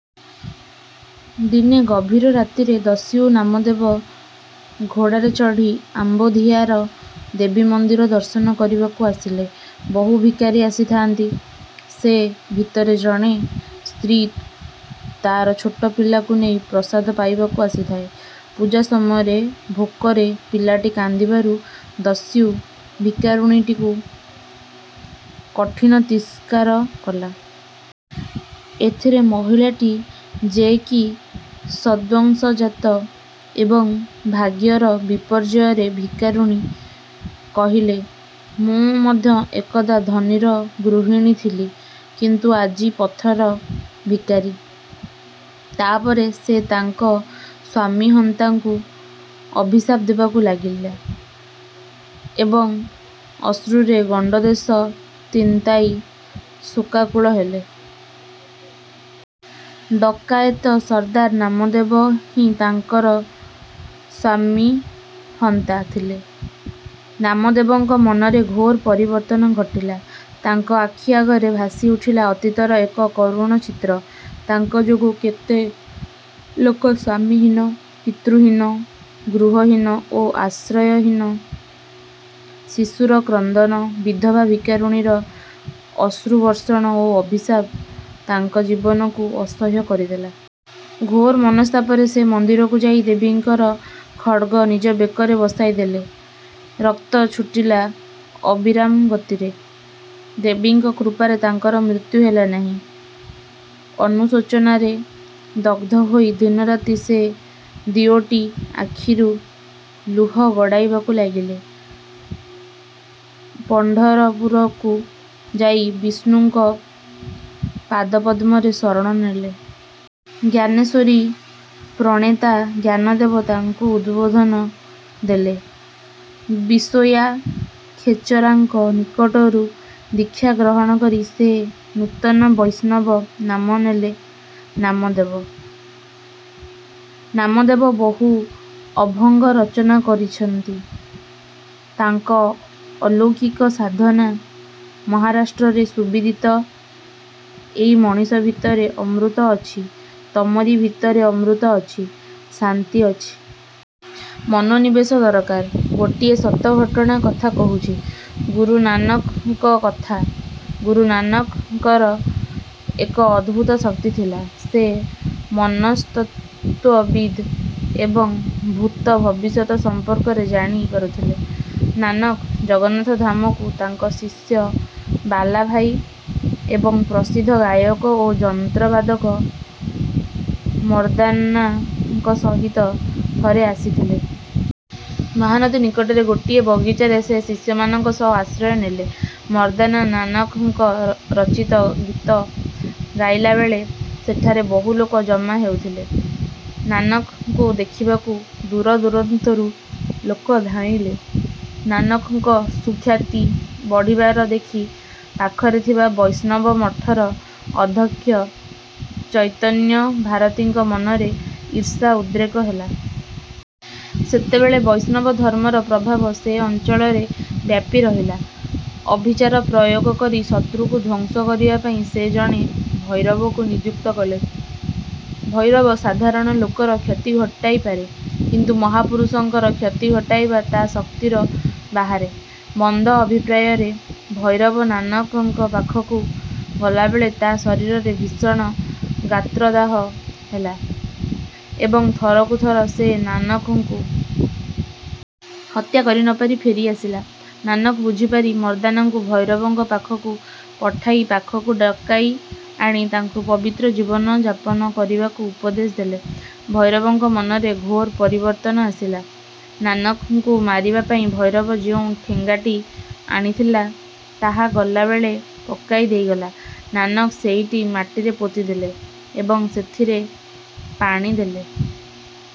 ଦିନେ ଗଭୀର ରାତିରେ ଦସ୍ୟୁ ନାମଦେବ ଘୋଡ଼ାରେ ଚଢ଼ି ଅମ୍ବୋଧିଆର ଦେବୀମନ୍ଦିର ଦର୍ଶନ କରିବାକୁ ଆସିଲେ। ବହୁ ଭିକାରୀ ଆସିଥାନ୍ତି। ସେ ଭିତରେ ଜଣେ ସ୍ତ୍ରୀ ତାର ଛୋଟ ପିଲାକୁ ନେଇ ପ୍ରସାଦ ପାଇବାକୁ ଆସିଥାଏ। ପୂଜା ସମୟରେ ଭୋକରେ ପିଲାଟି କାନ୍ଦିବାରୁ ଦସ୍ୟୁ ଭିକାରୁଣୀଟିକୁ କଠିନ ତିରସ୍କାର କଲା। ଏଥିରେ ମହିଳାଟି, ଯେ କି ସଦ୍ବଂଶଜାତ ଏବଂ ଭାଗ୍ୟର ବିପର୍ଯ୍ୟୟରେ ଭିକାରୁଣୀ, କହିଲେ, ''ମୁଁ ମଧ୍ୟ ଏକଦା ଧନୀର ଗୃହିଣୀ ଥିଲି କିନ୍ତୁ ଆଜି ପଥର ଭିକାରୀ। '' ତା'ପରେ ସେ ତାଙ୍କ ସ୍ୱାମିହନ୍ତାଙ୍କୁ ଅଭିଶାପ ଦେବାକୁ ଲାଗିଲେ ଏବଂ ଅଶ୍ରୁରେ ଗଣ୍ଡଦେଶ ତିନ୍ତାଇ ଶୋକାକୁଳ ହେଲେ। ଡକାଏତ ସର୍ଦ୍ଦାର ନାମଦେବ ହିଁ ତାଙ୍କର ସ୍ୱାମିହନ୍ତା ଥିଲେ। ନାମଦେବଙ୍କ ମନରେ ଘୋର ପରିବର୍ତ୍ତନ ଘଟିଲା। ତାଙ୍କ ଆଖି ଆଗରେ ଭାସିଉଠିଲା ଅତୀତର ଏକ କରୁଣ ଚିତ୍ର। ତାଙ୍କ ଯୋଗୁ କେତେ ଲୋକ ସ୍ୱାମିହୀନ, ପିତୃହୀନ, ଗୃହହୀନ ଓ ଆଶ୍ରୟହୀନ! ଶିଶୁର କ୍ରନ୍ଦନ, ବିଧବା ଭିକାରୁଣୀର ଅଶ୍ରୁବର୍ଷଣ ଓ ଅଭିଶାପ ତାଙ୍କ ଜୀବନକୁ ଅସହ୍ୟ କରିଦେଲା। ଘୋର ମନସ୍ତାପରେ ସେ ମନ୍ଦିରକୁ ଯାଇ ଦେବୀଙ୍କର ଖଡ୍ଗ ନିଜ ବେକରେ ବସାଇଦେଲେ। ରକ୍ତ ଛୁଟିଲା ଅବିରାମ ଗତିରେ। ଦେବୀଙ୍କ କୃପାରେ ତାଙ୍କର ମୃତ୍ୟୁ ହେଲା ନାହିଁ। ଅନୁଶୋଚନାରେ ଦଗ୍ଧ ହୋଇ ଦିନରାତି ସେ ଦିଓଟି ଆଖିରୁ ଲୁହ ଗଡ଼ାଇବାକୁ ଲାଗିଲେ। ପଣ୍ଢରପୁରକୁ ଯାଇ ବିଷ୍ଣୁଙ୍କ ପାଦପଦ୍ମରେ ଶରଣ ନେଲେ। ଜ୍ଞାନେଶ୍ୱରୀ-ପ୍ରଣେତା ଜ୍ଞାନଦେବ ତାଙ୍କୁ ଉଦବୋଧନ ଦେଲେ। ବିଶୋୟା ଖେଚରାଙ୍କ ନିକଟରୁ ଦୀକ୍ଷା ଗ୍ରହଣ କରି ସେ ନୂତନ ବୈଷ୍ଣବ ନାମ ନେଲେ ନାମଦେବ। ନାମଦେବ ବହୁ ଅଭଙ୍ଗ ରଚନା କରିଛନ୍ତି। ତାଙ୍କର ଅଲୌକିକ ସାଧନା ମହାରାଷ୍ଟ୍ରରେ ସୁବିଦିତ। ଏଇ ମଣିଷ ଭିତରେ ଅମୃତ ଅଛି ତମରି ଭିତରେ ଅମୃତ ଅଛି, ଶାନ୍ତି ଅଛି। ମନୋନିବେଶ ଦରକାର। ଗୋଟିଏ ସତ ଘଟଣା କଥା କହୁଛି ଗୁରୁ ନାନକଙ୍କ କଥା। ଗୁରୁ ନାନକଙ୍କର ଏକ ଅଦ୍ଭୁତ ଶକ୍ତି ଥିଲା। ସେ ମନସ୍ତତ୍ତ୍ୱବିଦ୍ ଏବଂ ଭୂତ-ଭବିଷ୍ୟତ ସମ୍ପର୍କରେ ଜାଣି ପାରୁଥିଲେ। ନାନକ ଜଗନ୍ନାଥ ଧାମକୁ ତାଙ୍କ ଶିଷ୍ୟ ବାଲାଭାଇ ଏବଂ ପ୍ରସିଦ୍ଧ ଗାୟକ ଓ ଯନ୍ତ୍ରବାଦକ ମର୍ଦ୍ଦାନାଙ୍କ ସହିତ ଥରେ ଆସିଥିଲେ। ମହାନଦୀ ନିକଟରେ ଗୋଟିଏ ବଗିଚାରେ ସେ ଶିଷ୍ୟମାନଙ୍କ ସହ ଆଶ୍ରୟ ନେଲେ। ମର୍ଦ୍ଦାନା ନାନକଙ୍କ ରଚିତ ଗୀତ ଗାଇଲାବେଳେ ସେଠାରେ ବହୁଲୋକ ଜମା ହେଉଥିଲେ। ନାନକଙ୍କୁ ଦେଖିବାକୁ ଦୂରଦୂରାନ୍ତରୁ ଲୋକ ଧାଇଁଲେ। ନାନକଙ୍କ ସୁଖ୍ୟାତି ବଢ଼ିବାର ଦେଖି ପାଖରେ ଥିବା ବୈଷ୍ଣବମଠର ଅଧ୍ୟକ୍ଷ ଚୈତନ୍ୟଭାରତୀଙ୍କ ମନରେ ଈର୍ଷା-ଉଦ୍ରେକ ହେଲା। ସେତେବେଳେ ବୈଷ୍ଣବ ଧର୍ମର ପ୍ରଭାବ ସେ ଅଞ୍ଚଳରେ ବ୍ୟାପି ରହିଥିଲା-। ଅଭିଚାର ପ୍ରୟୋଗ କରି ଶତ୍ରୁକୁ ଧ୍ୱଂସ କରିବାପାଇଁ ସେ ଜଣେ ଭୈରବକୁ ନିଯୁକ୍ତ କଲେ। ଭୈରବ ସାଧାରଣ ଲୋକର କ୍ଷତି ଘଟାଇପାରେ କିନ୍ତୁ ମହାପୁରୁଷଙ୍କର କ୍ଷତି ଘଟାଇବା ତା' ଶକ୍ତିର ବାହାରେ। ମନ୍ଦ ଅଭିପ୍ରାୟରେ ଭୈରବ ନାନକଙ୍କ ପାଖକୁ ଗଲାବେଳେ ତା' ଶରୀରରେ ଭୀଷଣ ଗାତ୍ରଦାହ ହେଲା ଏବଂ ଥରକୁ ଥର ସେ ନାନକଙ୍କୁ। ହତ୍ୟା କରି ନପାରି ଫେରି ଆସିଲା। ନାନକ ବୁଝିପାରି ମର୍ଦ୍ଦାନାଙ୍କୁ ଭୈରବଙ୍କ ପାଖକୁ ପଠାଇ ପାଖକୁ ଡକାଇ ଆଣି ତାଙ୍କୁ ପବିତ୍ର ଜୀବନ ଯାପନ କରିବାକୁ ଉପଦେଶ ଦେଲେ। ଭୈରବଙ୍କ ମନରେ ଘୋର ପରିବର୍ତ୍ତନ ଆସିଲା। ନାନକଙ୍କୁ ମାରିବା ପାଇଁ ଭୈରବ ଯେଉଁ ଠେଙ୍ଗାଟି ଆଣିଥିଲା, ତାହା ଗଲାବେଳେ ପକାଇ ଦେଇଗଲା। ନାନକ ସେଇଟି ମାଟିରେ ପୋତି ଦେଲେ ଏବଂ ସେଥିରେ ପାଣି ଦେଲେ।